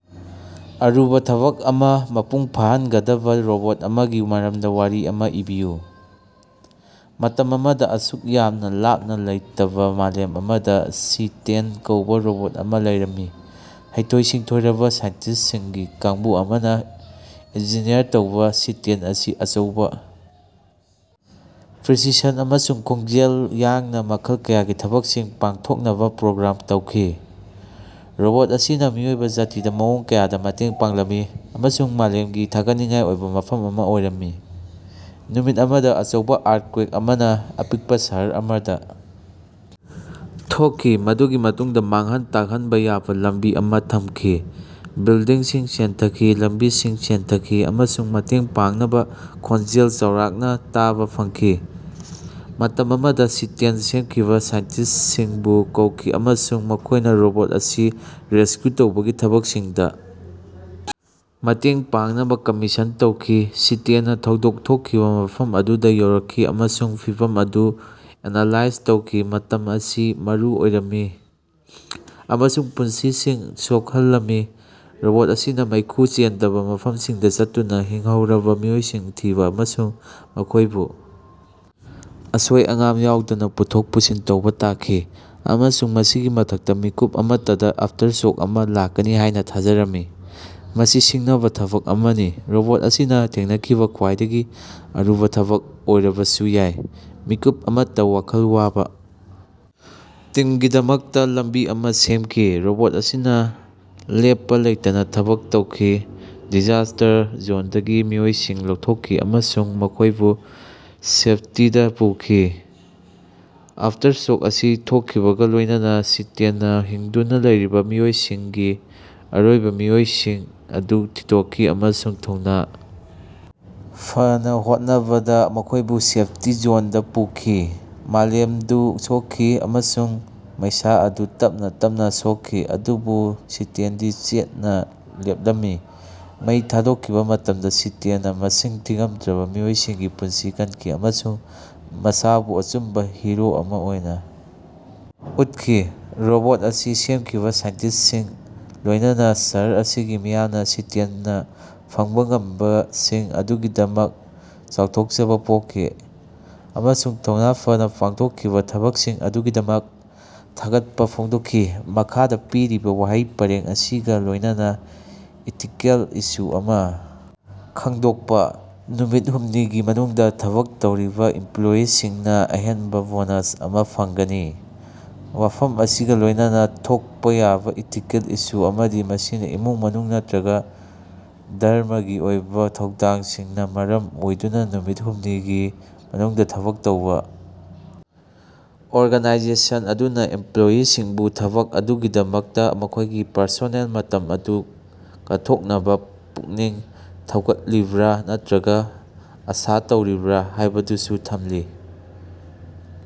ꯑꯔꯨꯕ ꯊꯕꯛ ꯑꯃ ꯃꯄꯨꯡ ꯐꯥꯍꯟꯒꯗꯕ ꯔꯣꯕꯣꯠ ꯑꯃꯒꯤ ꯃꯔꯝꯗ ꯋꯥꯔꯤ ꯑꯃ ꯏꯕꯤꯌꯨ꯫ ꯃꯇꯝ ꯑꯃꯗ, ꯑꯁꯨꯛ ꯌꯥꯝꯅ ꯂꯥꯞꯅ ꯂꯩꯇꯕ ꯃꯥꯂꯦꯝ ꯑꯃꯗ ꯁꯤ-ꯇꯦꯟ ꯀꯧꯕ ꯔꯣꯕꯣꯠ ꯑꯃ ꯂꯩꯔꯝꯃꯤ꯫ ꯍꯩꯊꯣꯏ-ꯁꯤꯡꯊꯣꯏꯔꯕ ꯁꯥꯏꯟꯇꯤꯁ꯭ꯇꯁꯤꯡꯒꯤ ꯀꯥꯡꯕꯨ ꯑꯃꯅ ꯏꯟꯖꯤꯅꯤꯌꯔ ꯇꯧꯕ ꯁꯤ-ꯇꯦꯟ ꯑꯁꯤ ꯑꯆꯧꯕ ꯄ꯭ꯔꯤꯁꯤꯁꯟ ꯑꯃꯁꯨꯡ ꯈꯣꯡꯖꯦꯜ ꯌꯥꯡꯅ ꯃꯈꯜ ꯀꯌꯥꯒꯤ ꯊꯕꯛꯁꯤꯡ ꯄꯥꯡꯊꯣꯛꯅꯕ ꯄ꯭ꯔꯣꯒ꯭ꯔꯥꯝ ꯇꯧꯈꯤ꯫ ꯔꯣꯕꯣꯠ ꯑꯁꯤꯅ ꯃꯤꯑꯣꯏꯕ ꯖꯥꯇꯤꯗ ꯃꯑꯣꯡ ꯀꯌꯥꯗ‌ ꯃꯇꯦꯡ ꯄꯥꯡꯂꯝꯃꯤ ꯑꯃꯁꯨꯡ ꯃꯥꯂꯦꯝꯒꯤ ꯊꯥꯒꯠꯅꯤꯡꯉꯥꯏ ꯑꯣꯏꯕ ꯃꯐꯝ ꯑꯃ ꯑꯣꯏꯔꯝꯃꯤ꯫ ꯅꯨꯃꯤꯠ ꯑꯃꯗ ꯑꯆꯧꯕ ꯑꯥꯔꯊꯀ꯭ꯋꯦꯛ ꯑꯃꯅ ꯑꯄꯤꯛꯄ ꯁꯍꯔ ꯑꯃꯗ ꯊꯣꯛꯈꯤ, ꯃꯗꯨꯒꯤ ꯃꯇꯨꯡꯗ ꯃꯥꯡꯍꯟ ꯇꯥꯛꯍꯟꯕ ꯌꯥꯕ‌ ꯂꯝꯕꯤ ꯑꯃ ꯊꯝꯈꯤ꯫ ꯕꯤꯜꯗꯤꯡꯁꯤꯡ ꯆꯦꯟꯊꯈꯤ, ꯂꯝꯕꯤꯁꯤꯡ ꯆꯦꯟꯊꯈꯤ, ꯑꯃꯁꯨꯡ ꯃꯇꯦꯡ ꯄꯥꯡꯅꯕ ꯈꯣꯟꯖꯦꯜ ꯆꯥꯎꯔꯥꯛꯅ ꯇꯥꯕ ꯐꯪꯈꯤ꯫ ꯃꯇꯝ ꯑꯃꯗ ꯁꯤ-ꯇꯦꯟ ꯁꯦꯝꯈꯤꯕ ꯁꯥꯏꯟꯇꯤꯁ꯭ꯇꯁꯤꯡꯕꯨ ꯀꯧꯈꯤ, ꯑꯃꯁꯨꯡ ꯃꯈꯣꯏꯅ ꯔꯣꯕꯣꯠ ꯑꯁꯤ ꯔꯦꯁꯀ꯭ꯌꯨ ꯇꯧꯕꯒꯤ ꯊꯕꯛꯁꯤꯡꯗ ꯃꯇꯦꯡ ꯄꯥꯡꯅꯕ ꯀꯝꯃꯤꯁꯟ ꯇꯧꯈꯤ꯫ ꯁꯤ-ꯇꯦꯟꯅ ꯊꯧꯗꯣꯛ ꯊꯣꯛꯈꯤꯕ ꯃꯐꯝ ꯑꯗꯨꯗ ꯌꯧꯔꯛꯈꯤ ꯑꯃꯁꯨꯡ ꯐꯤꯚꯝ ꯑꯗꯨ ꯑꯦꯅꯥꯂꯥꯏꯖ ꯇꯧꯈꯤ꯫ ꯃꯇꯝ ꯑꯁꯤ ꯃꯔꯨ ꯑꯣꯏꯔꯝꯃꯤ, ꯑꯃꯁꯨꯡ ꯄꯨꯟꯁꯤꯁꯤꯡ ꯁꯣꯛꯍꯜꯂꯝꯃꯤ꯫ ꯔꯣꯕꯣꯠ ꯑꯁꯤꯅ ꯃꯩꯈꯨ ꯆꯦꯟꯗꯕ ꯃꯐꯝꯁꯤꯡꯗ ꯆꯠꯇꯨꯅ ꯍꯤꯡꯍꯧꯔꯕ ꯃꯤꯑꯣꯏꯁꯤꯡ ꯊꯤꯕ ꯑꯃꯁꯨꯡ ꯃꯈꯣꯏꯕꯨ ꯑꯁꯣꯏ ꯑꯉꯥꯝ ꯌꯥꯎꯗꯅ ꯄꯨꯊꯣꯛ ꯄꯨꯁꯤꯟ ꯇꯧꯕ ꯇꯥꯈꯤ꯫ ꯑꯃꯁꯨꯡ ꯃꯁꯤꯒꯤ ꯃꯊꯛꯇ, ꯃꯤꯀꯨꯞ ꯑꯃꯠꯇꯗ ꯑꯐꯇꯔꯁꯣꯛ ꯑꯃ ꯂꯥꯛꯀꯅꯤ ꯍꯥꯏꯅ ꯊꯥꯖꯔꯝꯃꯤ꯫ ꯃꯁꯤ ꯁꯤꯡꯅꯕ ꯊꯕꯛ ꯑꯃꯅꯤ, ꯔꯣꯕꯣꯠ ꯑꯁꯤꯅ ꯊꯦꯡꯅꯈꯤꯕ ꯈ꯭ꯋꯥꯏꯗꯒꯤ ꯑꯔꯨꯕ ꯊꯕꯛ ꯑꯣꯏꯔꯕꯁꯨ ꯌꯥꯏ꯫ ꯃꯤꯀꯨꯞ ꯑꯃꯠꯇ ꯋꯥꯈꯜ ꯋꯥꯕ ꯇꯤꯝꯒꯤꯗꯃꯛꯇ ꯂꯝꯕꯤ ꯑꯃ ꯁꯦꯝꯈꯤ꯫ ꯔꯣꯕꯣꯠ ꯑꯁꯤꯅ ꯂꯦꯞꯄ ꯂꯩꯇꯅ ꯊꯕꯛ ꯇꯧꯈꯤ, ꯗꯤꯖꯥꯁ꯭ꯇꯔ ꯖꯣꯟꯗꯒꯤ ꯃꯤꯑꯣꯏꯁꯤꯡ ꯂꯧꯊꯣꯛꯈꯤ ꯑꯃꯁꯨꯡ ꯃꯈꯣꯏꯕꯨ ꯁꯦꯐꯇꯤꯗ ꯄꯨꯈꯤ꯫ ꯑꯥꯐꯇꯔꯁꯣꯛ ꯑꯁꯤ ꯊꯣꯛꯈꯤꯕꯒ ꯂꯣꯏꯅꯅ ꯁꯤ-ꯇꯦꯟ ꯅꯥ ꯍꯤꯡꯗꯨꯅ ꯂꯩꯔꯤꯕꯥ ꯃꯤꯑꯣꯏꯁꯤꯡꯒꯤ ꯑꯔꯣꯏꯕ ꯃꯤꯑꯣꯏꯁꯤꯡ ꯑꯗꯨ ꯊꯤꯗꯣꯛꯈꯤ, ꯑꯃꯁꯨꯡ ꯊꯧꯅ ꯐꯅꯥ ꯍꯣꯠꯅꯕꯗ ꯃꯈꯣꯏꯕꯨ ꯁꯦꯐꯇꯤ ꯖꯣꯟꯗ ꯄꯨꯈꯤ꯫ ꯃꯥꯂꯦꯝꯗꯨ ꯁꯣꯛꯈꯤ, ꯑꯃꯁꯨꯡ ꯃꯩꯁꯥ ꯑꯗꯨ ꯇꯞꯅꯥ ꯇꯞꯅꯥ ꯁꯣꯛꯈꯤ, ꯑꯗꯨꯕꯨ ꯁꯤ-ꯇꯦꯟꯗꯤ ꯆꯦꯠꯅ ꯂꯦꯞꯂꯝꯃꯤ꯫ ꯃꯩ ꯊꯥꯗꯣꯛꯈꯤꯕ ꯃꯇꯝꯗ ꯁꯤ-ꯇꯦꯟꯅꯥ ꯃꯁꯤꯡ ꯊꯤꯉꯝꯗ꯭ꯔꯕ ꯃꯤꯑꯣꯏꯁꯤꯡꯒꯤ ꯄꯨꯟꯁꯤ ꯀꯟꯈꯤ, ꯑꯃꯁꯨꯡ ꯃꯁꯥꯕꯨ ꯑꯆꯨꯝꯕ ꯍꯤꯔꯣ ꯑꯃ ꯑꯣꯏꯅ ꯎꯠꯈꯤ꯫ ꯔꯣꯕꯣꯠ ꯑꯁꯤ ꯁꯦꯝꯈꯤꯕ ꯁꯥꯏꯟꯇꯤꯁ꯭ꯇꯁꯤꯡ, ꯂꯣꯏꯅꯅ ꯁꯍꯔ ꯑꯁꯤꯒꯤ ꯃꯤꯌꯥꯝꯅ ꯁꯤ-ꯇꯦꯟ ꯅꯥ ꯐꯪꯕ‌ ꯉꯝꯕꯁꯤꯡ ꯑꯗꯨꯒꯤꯗꯃꯛ ꯆꯥꯎꯊꯣꯛꯆꯕ ꯄꯣꯛꯈꯤ, ꯑꯃꯁꯨꯡ ꯊꯧꯅ ꯐꯅꯥ ꯄꯥꯡꯊꯣꯛꯈꯤꯕ ꯊꯕꯛꯁꯤꯡ ꯑꯗꯨꯒꯤꯗꯃꯛ ꯊꯥꯒꯠꯄ ꯐꯣꯡꯗꯣꯛꯈꯤ꯫ ꯃꯈꯥꯗ ꯄꯤꯔꯤꯕꯥ ꯋꯥꯍꯩ ꯄꯔꯦꯡ ꯑꯁꯤꯒ ꯂꯣꯏꯅꯅ ꯏꯊꯤꯀꯦꯜ ꯏꯁꯨ ꯑꯃ ꯈꯪꯗꯣꯛꯄ꯫ ꯅꯨꯃꯤꯠ ꯍꯨꯝꯅꯤꯒꯤ ꯃꯅꯨꯡꯗ ꯊꯕꯛ ꯇꯧꯔꯤꯕ ꯏꯝꯄ꯭ꯂꯣꯌꯤꯁꯤꯡꯅ ꯑꯍꯦꯟꯕ ꯕꯣꯅꯥꯁ ꯑꯃ ꯐꯪꯒꯅꯤ꯫ ꯋꯥꯐꯝ ꯑꯁꯤꯒ ꯂꯣꯏꯅꯅ ꯊꯣꯛꯄ ꯌꯥꯕ ꯏꯊꯤꯀꯦꯜ ꯏꯁꯨ ꯑꯃꯗꯤ ꯃꯁꯤꯅ ꯏꯃꯨꯡ ꯃꯅꯨꯡ ꯅꯠꯇꯔ꯭ꯒ ꯙꯔꯝꯃꯒꯤ ꯑꯣꯏꯕ ꯊꯧꯗꯥꯡꯁꯤꯡꯅ ꯃꯔꯝ ꯑꯣꯏꯗꯨꯅ ꯅꯨꯃꯤꯠ ꯍꯨꯝꯅꯤꯒꯤ ꯃꯅꯨꯡꯗ ꯊꯕꯛ ꯇꯧꯕ ꯑꯣꯔꯒꯥꯅꯥꯏꯖꯦꯁꯟ ꯑꯗꯨꯅ ꯏꯝꯄ꯭ꯂꯣꯌꯤꯁꯤꯡꯕꯨ ꯊꯕꯛ ꯑꯗꯨꯒꯤꯗꯃꯛꯇ ꯃꯈꯣꯏꯒꯤ ꯄꯔꯁꯣꯅꯦꯜ ꯃꯇꯝ ꯑꯗꯨ ꯀꯠꯊꯣꯛꯅꯕ ꯄꯨꯛꯅꯤꯡ ꯊꯧꯒꯠꯂꯤꯕ꯭ꯔꯥ ꯅꯠꯇꯔ꯭ꯒ ꯑꯥꯁꯥ ꯇꯧꯔꯤꯕ꯭ꯔꯥ ꯍꯥꯏꯕꯗꯨꯁꯨ ꯊꯝꯂꯤ꯫